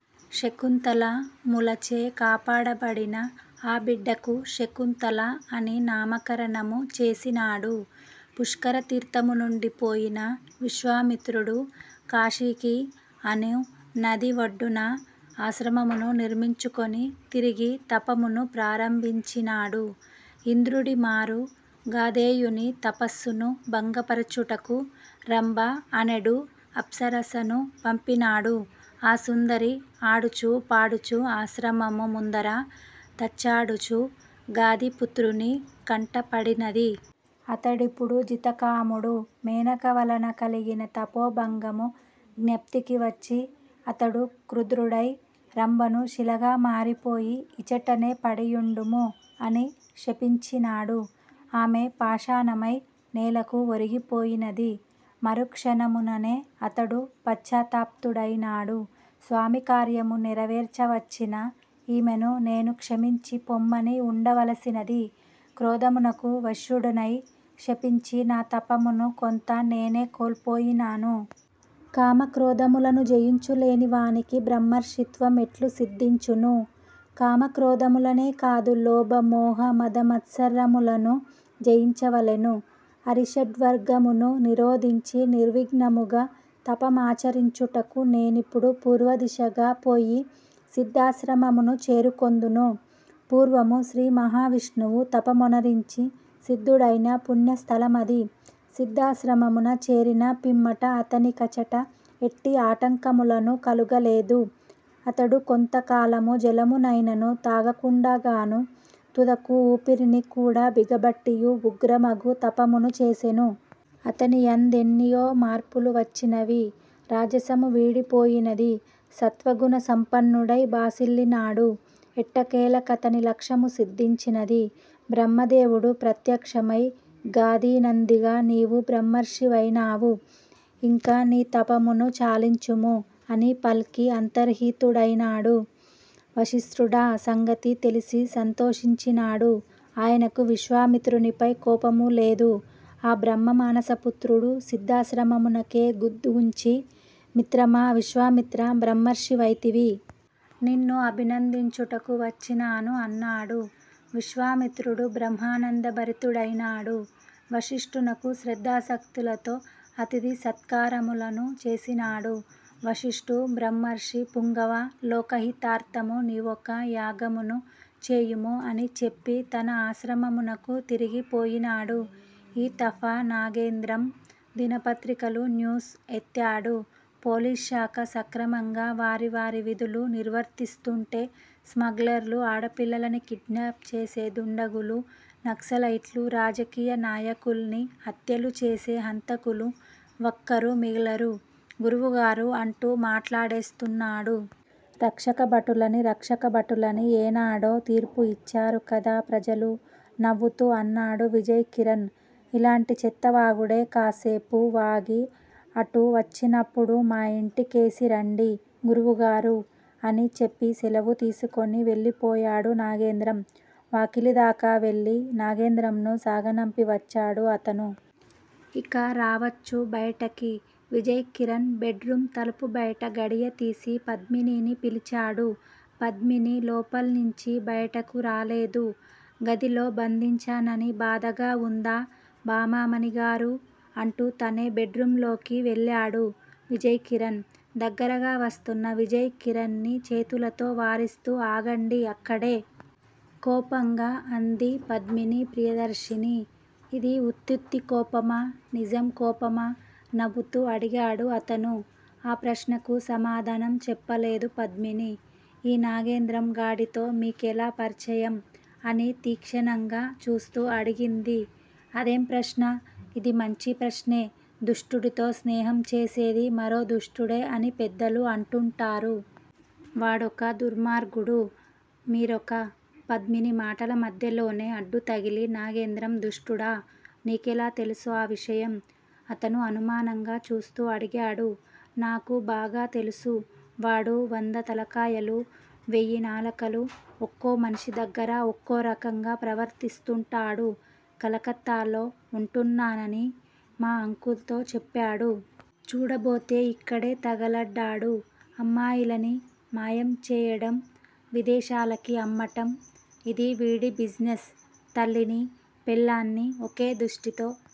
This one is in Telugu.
శకుంతల ములచే కాపాడబడిన ఆ బిడ్డకు 'శకుంతల' అని నామకరణము చేసినాడు. పుష్కర తీర్ధము నుండి పోయిన విశ్వామిత్రుడు కాశికి అను నదియొడ్డున ఆశ్రమమును నిర్మంచుకొని తిరిగి తపమును ప్రారంభించినాడు. ఇంద్రుడీమారు గాధేయుని తపస్సును భంగపరుచుటకు 'రంభ' అనెడు అప్సరపను పంపినాడు. ఆ సుందరి ఆడుచూ పాడుచూ ఆశ్రమము ముందర తచ్చాడుచూ గాధిపుత్రుని కంటపడినది. అతడిప్పుడు జితకాముడు. మేనక వలన కలిగిన తపోభంగము జ్ఞప్తికి వచ్చి అతడు క్రుద్ధుడై రంభను శిలగా మారిపోయి ఇచ్చటనే పడియుండుము! అని శపించినాడు ఆమె పాషాణమై నేలకు ఒరిగిపోయినది. మరుక్షణముననే అతడు పశ్చాత్తప్తుడైనాడు. స్వామికార్యము నెరవేర్చ వచ్చిన ఈమెను నేను క్షమించి పొమ్మని యుండవలసినది! క్రోధమునకు వశ్యుడనై శపించి నా తపమును కొంత నేనే కోల్పోయినాను! కామక్రోధములను జయించులేని వానికి బ్రహ్మర్షిత్వమెట్లు సిద్ధించును? కామక్రోధములనే కాదు లోభామోహ మదమత్సరములనూ జయించవలెను అరిషడ్వర్గమును నిరోధించి నిర్విఘ్నముగ తపమాచరించుటకు నేనిప్పుడు పూర్వదిశగా పోయి సిద్దాశ్రమమును చేరుకొందును. పూర్వము శ్రీమహావిష్టువు తప మొనరించి సిద్దుడైన పుణ్యస్దలమది సిద్దాశ్రమమున చేరిన పిమ్మట అతనికచట ఎట్టి ఆటంకములునూ కలుగలేదు. అతడు కొంతకాలము జలమునైననూ త్రాగకుండాగనూ, తుదకు ఊపిరిని కూడా బిగపట్టియూ ఉగ్రమగు తపమును చేసెను. అతనియందెన్నియో మార్పులు వచ్చినవి. రాజసము వీడి పోయినది. సత్వ గుణ సంపన్నుడై భాసిల్లినాడు. ఎట్టకేలకాతని లక్ష్యము సిద్ధించినది. బ్రహ్మదేవుడు ప్రత్యేక్షమై గాధినందినా నీవు బ్రహ్మర్షివైనావు. ఇంక నీ తపమును చాలించుము అని పల్కి అంతర్హితుడైనాడు. వసిష్ఠుడా సంగతి తెలిసి సంతోషించినాడు. ఆయనకు విశ్వామిత్రునిపై కోపములేదు. ఆ బ్రహ్మమానస పుత్రుడు సిద్దాశ్రమమునకేగుదెంచి మిత్రమా, విశ్వామిత్రా బ్రహ్మర్షివైతివి. నిన్ను అభినందించుటకు వచ్చినాను అన్నాడు. విశ్వామిత్రుడు బ్రహ్మనందభరితుడైనాడు. వసిష్ఠునకు శ్రద్దాసక్తులతో అతిథి సత్కారాములను చేసినాడు. వసిష్ఠు బ్రహ్మర్షి పుంగవా, లోకహితార్ధము నీవొక యాగమును చేయుము అని చెప్పి తన ఆశ్రమమునకు తిరిగి పోయినాడు. ఈతఫా నాగేంద్రం దినపత్రికలు న్యూస్ ఎత్తాడు. పోలీసుశాఖ సక్రమంగా వారి వారి విధులు నిర్వర్తిస్తుంటే స్మగ్లర్లు ఆడపిల్లలని కిడ్ నాప్ చేసే దుండగులు, నక్సలైట్లు, రాజకీయ నాయకుల్ని హత్యలుచేసే హంతకులు వక్కరూ మిగలరు గురువుగారూ అంటూ మాట్లడేస్తున్నాడు. రక్షక భటులని భక్షక భటులని ఏనాడో తీర్పు యిచ్చారు కదా ప్రజలు నవ్వుతూ అన్నాడు విజయ్ కిరణ్. ఇలాంటి చెత్తవాగుడే కాసేపు వాగి అటు వచ్చినప్పుడు మా యింటికేసి రండి గురువుగారూ! అని చెప్పి శలవు తీసుకుని వెళ్ళిపోయాడు నాగేంద్రం. వాకిలిదాకా వెళ్ళి నాగేంద్రంను సాగనంపి వచ్చాడు అతను. ఇక రావచ్చు బైటికి. విజయ్ కిరణ్ బెడ్ రూమ్ తలుపు బైట గడియతీసి పద్మినీని పిలిచాడు. పద్మిని లోపల్నించి బైటికి రాలేదు. గదిలో బంధించానని బాధగా వుందా! భామామణిగారు! అంటూ తనే బెడ్ రూమ్ లోకి వెళ్ళాడు విజయ్ కిరణ్. దగ్గరగా వస్తున్న విజయ్ కిరణ్ ని చేతులతో వారిస్తూ ఆగండి అక్కడే! కోపంగా అంది పద్మిని ప్రియదర్శిని. ఇది ఉత్తితి కోపమా! నిజం కోపమా! నవ్వుతూ అడిగాడు అతను. ఆ ప్రశ్నకు సమాధానం చెప్పలేదు పద్మిని. ఈ నాగేంద్రం గాడితో మీకెలా పరిచయం! అని తీక్షణంగా చూస్తూ అడిగింది. అదేం ప్రశ్న! ఇది మంచి ప్రశ్నే. దుష్టుడితో స్నేహం చేసేది మరో దుష్టుడే అని పెద్దలు అంటూంటారు. వాడొక దుర్మార్గుడు. మీరొక పద్మిని మాటల మధ్యలోనే అడ్డుతగిలి నాగేంద్రం దుష్టుడా! నీకెలా తెలుసు ఆ విషయం! అతను అనుమానంగా చూస్తూ అడిగాడు. నాకు బాగా తెలుసు. వాడు వంద తలకాయలు, వేయి నాలుకలు. ఒక్కో మనిషి దగ్గర ఒక్కో రకంగా ప్రవర్తిస్తుంటాడు. కలకత్తాలో ఉంటున్నానని మా అంకుల్ తో చెప్పాడు. చూడబోతే ఇక్కడే తగలడ్డాడు. అమ్మాయిలని మాయం జేయటం, విదేశాలకి అమ్మటం. ఇదీ వీడి బిజినెస్. తల్లిని, పెళ్ళాన్ని వకే దృష్టితో